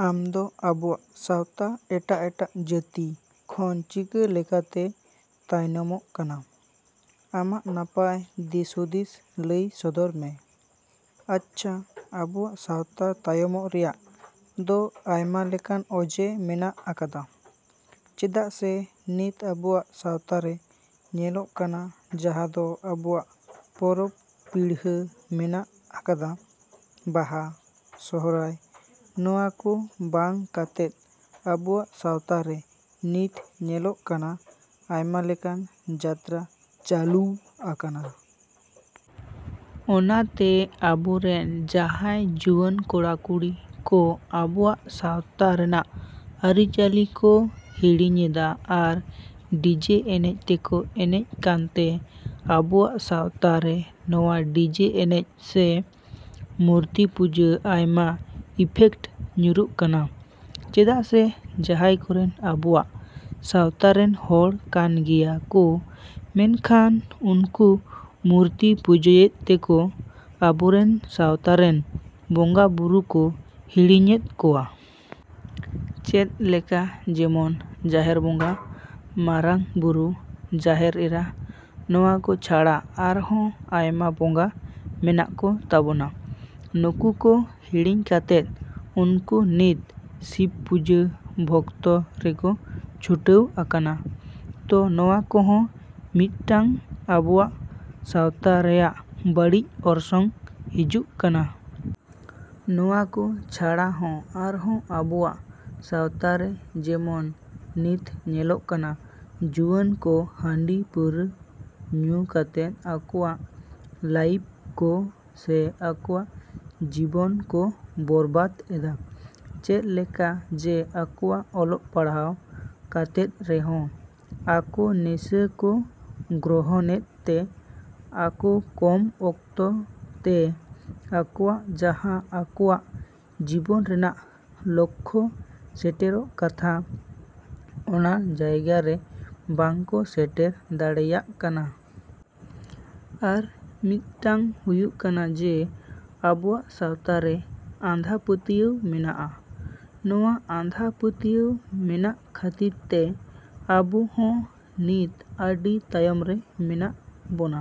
ᱟᱢᱫᱚ ᱟᱵᱚᱣᱟᱜ ᱥᱟᱶᱛᱟ ᱮᱴᱟᱜ ᱮᱴᱟᱜ ᱡᱟᱹᱛᱤ ᱠᱷᱚᱱ ᱪᱤᱠᱟᱹ ᱞᱮᱠᱟᱛᱮ ᱛᱟᱭᱱᱚᱢᱚᱜ ᱠᱟᱱᱟ? ᱟᱢᱟᱜ ᱱᱟᱯᱟᱭ ᱫᱤᱥᱦᱩᱫᱤᱥ ᱞᱟᱹᱭ ᱥᱚᱫᱚᱨ ᱢᱮ᱾ ᱟᱪᱪᱷᱟ, ᱟᱵᱚᱣᱟᱜ ᱥᱟᱶᱛᱟ ᱛᱟᱭᱚᱢᱚᱜ ᱨᱮᱭᱟᱜ ᱫᱚ ᱟᱭᱢᱟ ᱞᱮᱠᱟᱱ ᱚᱡᱮ ᱢᱮᱱᱟᱜ ᱟᱠᱟᱫᱟ᱾ ᱪᱮᱫᱟᱜ ᱥᱮ ᱱᱤᱛ ᱟᱵᱚᱣᱟᱜ ᱥᱟᱶᱛᱟᱨᱮ ᱧᱮᱞᱚᱜ ᱠᱟᱱᱟ ᱡᱟᱦᱟᱸ ᱫᱚ ᱟᱵᱚᱣᱟᱜ ᱯᱚᱨᱚᱵᱽ ᱯᱤᱲᱦᱟᱹ ᱢᱮᱱᱟᱜ ᱟᱠᱟᱫᱟ, ᱵᱟᱦᱟ, ᱥᱚᱦᱚᱨᱟᱭ, ᱱᱚᱣᱟ ᱠᱚ ᱵᱟᱝ ᱠᱟᱛᱮᱫ ᱟᱵᱚᱣᱟᱜ ᱥᱟᱶᱛᱟᱨᱮ ᱱᱤᱛ ᱧᱮᱞᱚᱜ ᱠᱟᱱᱟ ᱟᱭᱢᱟ ᱞᱮᱠᱟᱱ ᱡᱟᱛᱨᱟ ᱪᱟᱹᱞᱩ ᱟᱠᱟᱱᱟ᱾ ᱚᱱᱟᱛᱮ ᱟᱵᱚᱨᱮᱱ ᱡᱟᱦᱟᱸᱭ ᱡᱩᱣᱟᱹᱱ ᱠᱚᱲᱟ ᱠᱩᱲᱤ ᱠᱚ ᱟᱵᱚᱣᱟᱜ ᱥᱟᱶᱛᱟ ᱨᱮᱱᱟᱜ ᱟᱹᱨᱤᱪᱟᱞᱤ ᱠᱚ ᱦᱤᱲᱤᱧᱮᱫᱟ ᱟᱨ ᱰᱤᱡᱮ ᱮᱱᱮᱡ ᱛᱮᱠᱚ ᱮᱱᱮᱡ ᱠᱟᱱᱛᱮ ᱟᱵᱚᱣᱟᱜ ᱥᱟᱶᱛᱟᱨᱮ ᱱᱚᱣᱟ ᱰᱤᱡᱮ ᱮᱱᱮᱡ ᱥᱮ ᱢᱩᱨᱛᱤᱯᱩᱡᱟ ᱟᱭᱢᱟ ᱤᱯᱷᱮᱠᱴ ᱧᱩᱨᱩᱜ ᱠᱟᱱᱟ᱾ ᱪᱮᱫᱟᱜ ᱥᱮ ᱡᱟᱦᱟᱭ ᱠᱚᱨᱮᱱ ᱟᱵᱚᱣᱟᱜ ᱥᱟᱶᱛᱟᱨᱮᱱ ᱦᱚᱲ ᱠᱟᱱᱜᱮᱭᱟ ᱠᱚ, ᱢᱮᱱᱠᱷᱟᱱ ᱩᱱᱠᱩ ᱢᱩᱨᱛᱤ ᱯᱩᱡᱟᱹᱭᱮᱫ ᱛᱮᱠᱚ ᱟᱵᱚᱨᱮᱱ ᱥᱟᱶᱛᱟᱨᱮᱱ ᱵᱚᱸᱜᱟ ᱵᱩᱨᱩ ᱠᱚ ᱦᱤᱲᱤᱧᱮᱫ ᱠᱚᱣᱟ᱾ ᱪᱮᱫ ᱞᱮᱠᱟ ᱡᱮᱢᱚᱱ ᱡᱟᱦᱮᱨ ᱵᱚᱸᱜᱟ, ᱢᱟᱨᱟᱝ ᱵᱩᱨᱩ, ᱡᱟᱦᱮᱨ ᱮᱨᱟ, ᱱᱚᱣᱟ ᱠᱚ ᱪᱷᱟᱲᱟ ᱟᱨᱦᱚᱸ ᱟᱭᱢᱟ ᱵᱚᱸᱜᱟ ᱢᱮᱱᱟᱜ ᱠᱚ ᱛᱟᱵᱚᱱᱟ᱾ ᱱᱩᱠᱩ ᱠᱚ ᱦᱤᱲᱤᱧ ᱠᱟᱛᱮᱫ ᱩᱱᱠᱩ ᱱᱤᱛ ᱥᱤᱵ ᱯᱩᱡᱟᱹ ᱵᱷᱚᱠᱛᱚ ᱨᱮᱠᱚ ᱪᱷᱩᱴᱟᱹᱣ ᱟᱠᱟᱱᱟ᱾ ᱛᱚ ᱱᱚᱣᱟ ᱠᱚᱦᱚᱸ ᱢᱤᱫᱴᱟᱝ ᱟᱵᱚᱣᱟᱜ ᱥᱟᱶᱛᱟ ᱨᱮᱱᱟᱜ ᱵᱟᱹᱲᱤᱡ ᱚᱨᱥᱚᱝ ᱦᱤᱡᱩᱜ ᱠᱟᱱᱟ᱾ ᱱᱚᱣᱟ ᱠᱚ ᱪᱷᱟᱲᱟ ᱦᱚᱸ ᱟᱨᱦᱚᱸ ᱟᱵᱚᱣᱟᱜ ᱥᱟᱶᱛᱟᱨᱮ ᱡᱮᱢᱚᱱ ᱱᱤᱛ ᱧᱮᱞᱚᱜ ᱠᱟᱱᱟ ᱡᱩᱣᱟᱹᱱ ᱠᱚ ᱦᱟᱺᱰᱤ ᱯᱟᱹᱣᱨᱟᱹ ᱧᱩ ᱠᱟᱛᱮᱫ ᱟᱠᱚᱣᱟᱜ ᱞᱟᱭᱤᱯᱷ ᱠᱚ ᱥᱮ ᱟᱠᱚᱣᱟᱜ ᱡᱤᱵᱚᱱ ᱠᱚ ᱵᱚᱨᱵᱟᱫᱽ ᱮᱫᱟ᱾ ᱪᱮᱫ ᱞᱮᱠᱟ ᱡᱮ ᱟᱠᱚᱣᱟᱜ ᱚᱞᱚᱜ ᱯᱟᱲᱦᱟᱣ ᱠᱟᱛᱮᱫ ᱨᱮᱦᱚᱸ ᱟᱠᱚ ᱱᱤᱥᱟᱹ ᱠᱚ ᱜᱨᱚᱦᱚᱱᱮᱫ ᱛᱮ ᱟᱠᱚ ᱠᱚᱢ ᱚᱠᱛᱚᱛᱮ ᱟᱠᱚᱣᱟᱜ ᱡᱟᱦᱟᱸ ᱟᱠᱚᱣᱟᱜ ᱡᱤᱵᱚᱱ ᱨᱮᱱᱟᱜ ᱞᱚᱠᱠᱷᱚ ᱥᱮᱴᱮᱨᱚᱜ ᱠᱟᱛᱷᱟ ᱚᱱᱟ ᱡᱟᱭᱜᱟ ᱨᱮ ᱵᱟᱝ ᱠᱚ ᱥᱮᱴᱮᱨ ᱫᱟᱲᱮᱭᱟᱜ ᱠᱟᱱᱟ᱾ ᱟᱨ ᱢᱤᱫᱴᱟᱝ ᱦᱩᱭᱩᱜ ᱠᱟᱱᱟ ᱡᱮ ᱟᱵᱚᱣᱟᱜ ᱥᱟᱶᱛᱟᱨᱮ ᱟᱸᱫᱷᱟᱯᱟᱹᱛᱭᱟᱹᱣ ᱢᱮᱱᱟᱜ-ᱟ᱾ ᱱᱚᱣᱟ ᱟᱸᱫᱷᱟᱯᱟᱹᱛᱭᱟᱹᱣ ᱢᱮᱱᱟᱜ ᱠᱷᱟᱹᱛᱤᱨᱛᱮ ᱟᱵᱚ ᱦᱚᱸ ᱱᱤᱛ ᱟᱹᱰᱤ ᱛᱟᱭᱚᱢ ᱨᱮ ᱢᱮᱱᱟᱜ ᱵᱚᱱᱟ᱾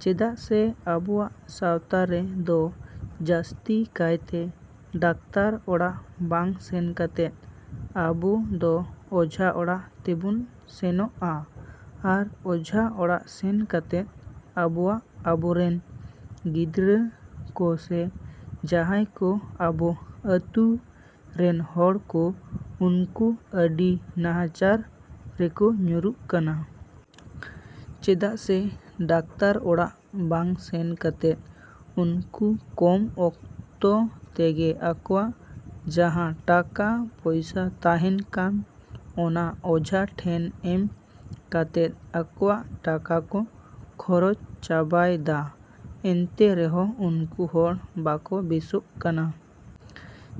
ᱪᱮᱫᱟᱜ ᱥᱮ ᱟᱵᱚᱣᱟᱜ ᱥᱟᱶᱛᱟᱨᱮ ᱫᱚ ᱡᱟᱥᱛᱤ ᱠᱟᱭᱛᱮ ᱰᱟᱠᱛᱟᱨ ᱚᱲᱟᱜ ᱵᱟᱝ ᱥᱮᱱ ᱠᱟᱛᱮᱫ ᱟᱵᱚ ᱫᱚ ᱚᱡᱷᱟ ᱚᱲᱟᱜ ᱛᱮᱵᱚᱱ ᱥᱮᱱᱚᱜ-ᱟ ᱟᱨ ᱚᱡᱷᱟ ᱚᱲᱟᱜ ᱥᱮᱱ ᱠᱟᱛᱮᱫ ᱟᱵᱚᱣᱟᱜ ᱟᱵᱚᱨᱮᱱ ᱜᱤᱫᱽᱨᱟᱹ ᱠᱚ ᱥᱮ ᱡᱟᱦᱟᱭ ᱠᱚ ᱟᱵᱚ ᱟᱹᱛᱩ ᱨᱮᱱ ᱦᱚᱲ ᱠᱚ ᱩᱱᱠᱩ ᱟᱹᱰᱤ ᱱᱟᱦᱟᱪᱟᱨ ᱨᱮᱠᱚ ᱧᱩᱨᱩᱜ ᱠᱟᱱᱟ᱾ ᱪᱮᱫᱟᱜ ᱥᱮ ᱰᱟᱠᱛᱟᱨ ᱚᱲᱟᱜ ᱵᱟᱝ ᱥᱮᱱ ᱠᱟᱛᱮᱫ ᱩᱱᱠᱩ ᱠᱚᱢ ᱚᱠᱛᱚ ᱛᱮᱜᱮ ᱟᱠᱚᱣᱟᱜ ᱡᱟᱦᱟᱸ ᱴᱟᱠᱟ ᱯᱚᱭᱥᱟ ᱛᱟᱦᱮᱱ ᱠᱟᱱ ᱚᱱᱟ ᱚᱡᱷᱟ ᱴᱷᱮᱱ ᱮᱢ ᱠᱟᱛᱮᱫ ᱟᱠᱚᱣᱟᱜ ᱴᱟᱠᱟ ᱠᱚ ᱠᱷᱚᱨᱚᱪ ᱪᱟᱵᱟᱭᱫᱟ ᱮᱱᱛᱮ ᱨᱮᱦᱚᱸ ᱩᱱᱠᱩ ᱦᱚᱲ ᱵᱟᱠᱚ ᱵᱮᱥᱳᱜ ᱠᱟᱱᱟ᱾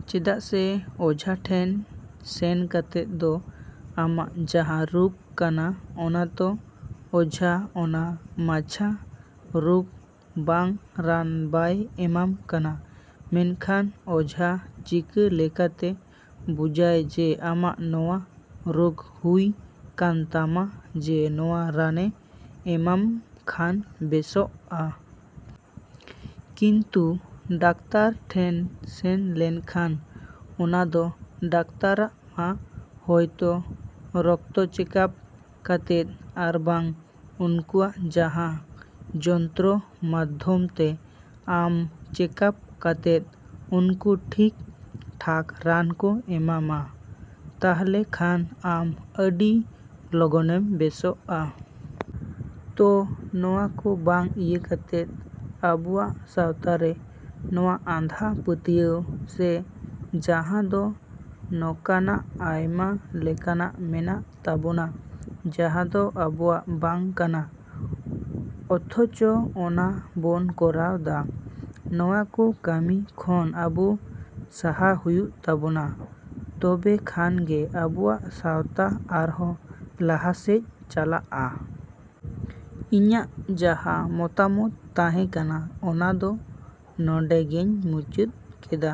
ᱪᱮᱫᱟᱜ ᱥᱮ ᱚᱡᱷᱟᱴᱷᱮᱱ ᱥᱮᱱ ᱠᱟᱛᱮᱫ ᱫᱚ ᱟᱢᱟᱜ ᱡᱟᱦᱟᱸ ᱨᱳᱜᱽ ᱠᱟᱱᱟ ᱚᱱᱟᱛᱚ ᱚᱡᱷᱟ ᱚᱱᱟ ᱢᱟᱪᱷᱟ ᱨᱳᱜᱽ ᱵᱟᱝ ᱨᱟᱱ ᱵᱟᱭ ᱮᱢᱟᱢ ᱠᱟᱱᱟ᱾ ᱢᱮᱱᱠᱷᱟᱱ ᱚᱡᱷᱟ ᱪᱤᱠᱟᱹ ᱞᱮᱠᱟᱛᱮ ᱵᱩᱡᱟᱭ ᱡᱮ ᱟᱢᱟᱜ ᱱᱚᱣᱟ ᱨᱳᱜᱽ ᱦᱩᱭ ᱠᱟᱱᱛᱟᱢᱟ ᱡᱮ ᱱᱚᱣᱟ ᱨᱟᱱᱮ ᱮᱢᱟᱢ ᱠᱷᱟᱱ ᱵᱮᱥᱚᱜ-ᱟ᱾ ᱠᱤᱱᱛᱩ ᱰᱟᱠᱛᱟᱨ ᱴᱷᱮᱱ ᱥᱮᱱ ᱞᱮᱱᱠᱷᱟᱱ ᱚᱱᱟ ᱫᱚ ᱰᱟᱠᱛᱟᱨᱟᱜ ᱢᱟ ᱦᱚᱭᱛᱚ ᱨᱚᱠᱛᱚ ᱪᱮᱠᱟᱯ ᱠᱟᱛᱮᱫ ᱟᱨᱵᱟᱝ ᱩᱱᱠᱩᱣᱟᱜ ᱡᱟᱦᱟᱸ ᱡᱚᱱᱛᱨᱚ ᱢᱟᱫᱫᱷᱚᱢ ᱛᱮ ᱟᱢ ᱪᱮᱠᱟᱯ ᱠᱟᱛᱮᱫ ᱩᱱᱠᱩ ᱴᱷᱤᱠ ᱴᱷᱟᱠ ᱨᱟᱱ ᱠᱚ ᱮᱢᱟᱢᱟ᱾ ᱛᱟᱦᱞᱮ ᱠᱷᱟᱱ ᱟᱢ ᱟᱹᱰᱤ ᱞᱚᱜᱚᱱᱮᱢ ᱵᱮᱥᱚᱜ-ᱟ᱾ ᱛᱚ ᱱᱚᱣᱟ ᱠᱚ ᱵᱟᱝ ᱤᱭᱟᱹ ᱠᱟᱛᱮᱫ ᱟᱵᱚᱣᱟᱜ ᱥᱟᱶᱛᱟᱨᱮ ᱱᱚᱣᱟ ᱟᱸᱫᱷᱟ ᱯᱟᱹᱛᱭᱟᱹᱣ ᱥᱮ ᱡᱟᱦᱟᱸ ᱫᱚ ᱱᱚᱠᱟᱱᱟᱜ ᱟᱭᱢᱟ ᱞᱮᱠᱟᱱᱟᱜ ᱢᱮᱱᱟᱜ ᱛᱟᱵᱚᱱᱟ ᱡᱟᱦᱟᱸ ᱫᱚ ᱟᱵᱚᱣᱟᱜ ᱵᱟᱝ ᱠᱟᱱᱟ ᱚᱛᱷᱚᱪᱚ ᱚᱱᱟ ᱵᱚᱱ ᱠᱚᱨᱟᱣ ᱫᱟ᱾ ᱱᱚᱣᱟ ᱠᱚ ᱠᱟᱢᱤ ᱠᱷᱚᱱ ᱟᱵᱚ ᱥᱟᱦᱟ ᱦᱩᱭᱩᱜ ᱛᱟᱵᱚᱱᱟ ᱛᱚᱵᱮ ᱠᱷᱟᱱ ᱜᱮ ᱟᱵᱚᱣᱟᱜ ᱥᱟᱶᱛᱟ ᱟᱨᱦᱚᱸ ᱞᱟᱦᱟᱥᱮᱡ ᱪᱟᱞᱟᱜ-ᱟ᱾ ᱤᱧᱟᱜ ᱡᱟᱦᱟᱸ ᱢᱚᱛᱟᱢᱚᱛ ᱛᱟᱦᱮ ᱠᱟᱱᱟ ᱚᱱᱟ ᱫᱚ ᱱᱚᱰᱮᱜᱮᱧ ᱢᱩᱪᱟᱹᱫ ᱠᱮᱫᱟ᱾